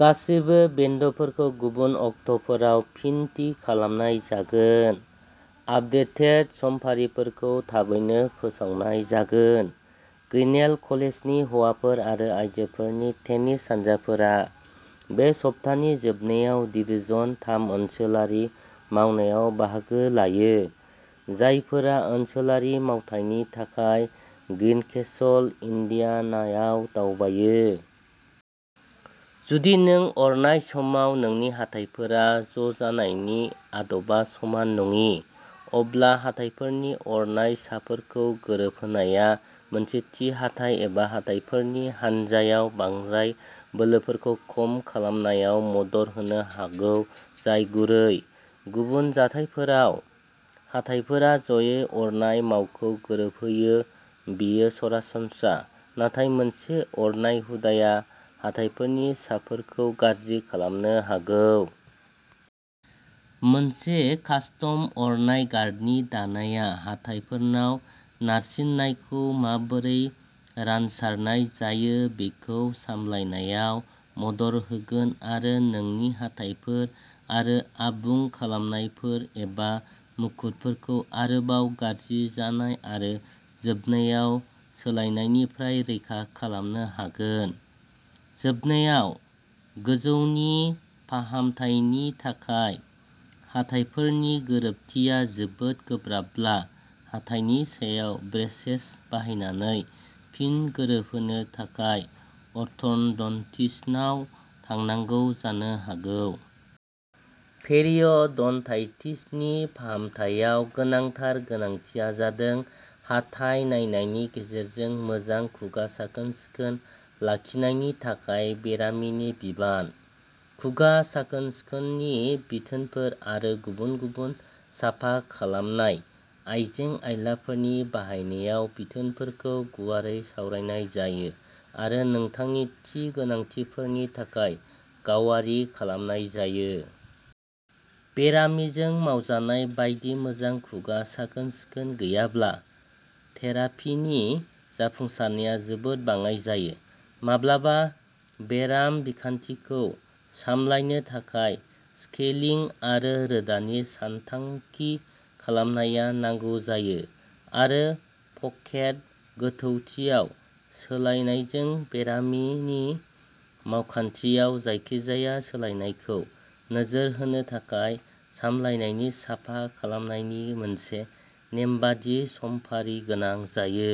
गासैबो बेन्डफोरखौ गुबुन अक्ट'फोराव फिन थि खालामनाय जागोन, आपडेटेड समफारिफोरखौ थाबैनो फोसावनाय जागोन। ग्रिनेल कलेजनि हौवाफोर आरो आयजोफोरनि टेनिस हानजाफोरा बे सप्तानि जोबनायाव डिवीजन थाम ओनसोलारि मावनायाव बाहागो लायो। जायफोरा ओनसोलारि मावथायनि थाखाय ग्रीनकेसल, इन्डियानायाव दावबायो। जुदि नों अरनाय समाव नोंनि हाथाइफोरा ज'जानायनि आदबा समान नङि, अब्ला हाथाइफोरनि अरनाय साफोरखौ गोरोबहोनाया मोनसे थि हाथाइ एबा हाथाइफोरनि हानजायाव बांद्राय बोलोफोरखौ खम खालामनायाव मदद होनो हागौ जाय गुरै। गुबुन जाथायफोराव, हाथाइफोरा ज'यै अरनाय मावखौ गोरोबहोयो बेयो सरासनस्रा, नाथाय मोनसे अरनाय हुदाया हाथाइफोरनि साफोरखौ गाज्रि खालामनो हागौ। मोनसे कास्टम अरनाय गार्डनि दानायआ हाथाइफोराव नारसिननायखौ माबोरै रानसारनाय जायो बेखौ सामलायनायाव मदद होगोन आरो नोंनि हाथाइफोर आरो आबुं खालामनायफोर एबा मुकुटफोरखौ आरोबाव गाज्रि जानाय आरो जोबनायाव सोलायनायनिफ्राय रैखा खालामनो हागोन। जोबनायाव, गोजौनि फाहामथायनि थाखाय हाथाइफोरनि गोरोबथिया जोबोद गोब्राबब्ला, हाथाइनि सायाव ब्रेसेस बाहायनानै फिन गोरोबहोनो थाखाय अर्थडन्टिस्टनाव थांनांगौ जानो हागौ। पेरियडन्टाइटिसनि फाहामथायाव गोनांथार गोनांथिया जादों हाथाइ नायनायनि गेजेरजों मोजां खुगा साखोन-सिखोन लाखिनायनि थाखाय बेरामिनि बिबान। खुगा साखोन-सिखोननि बिथोनफोर आरो गुबुन गुबुन साफा खालामनाय आइजें-आइलाफोरनि बाहायनायाव बिथोनफोरखौ गुवारै सावरायनाय जायो आरो नोंथांनि थि गोनांथिफोरनि थाखाय गावारि खालामनाय जायो। बेरामिजों मावजानाय बायदि मोजां खुगा साखोन-सिखोन गैयाब्ला, थेरापिनि जाफुंसारनाया जोबोद बाङाइ जायो। माब्लाबा, बेराम बिखान्थिखौ सामलायनो थाखाय स्केलिं आरो रोदानि सानथांखि खालामनाया नांगौ जायो, आरो पकेट गोथौथियाव सोलायनायजों बेरामनि मावखान्थियाव जायखिजाया सोलायनायखौ नोजोर होनो थाखाय सामलायनायनि साफा खालामनायनि मोनसे नेमबादि समफारि गोनां जायो।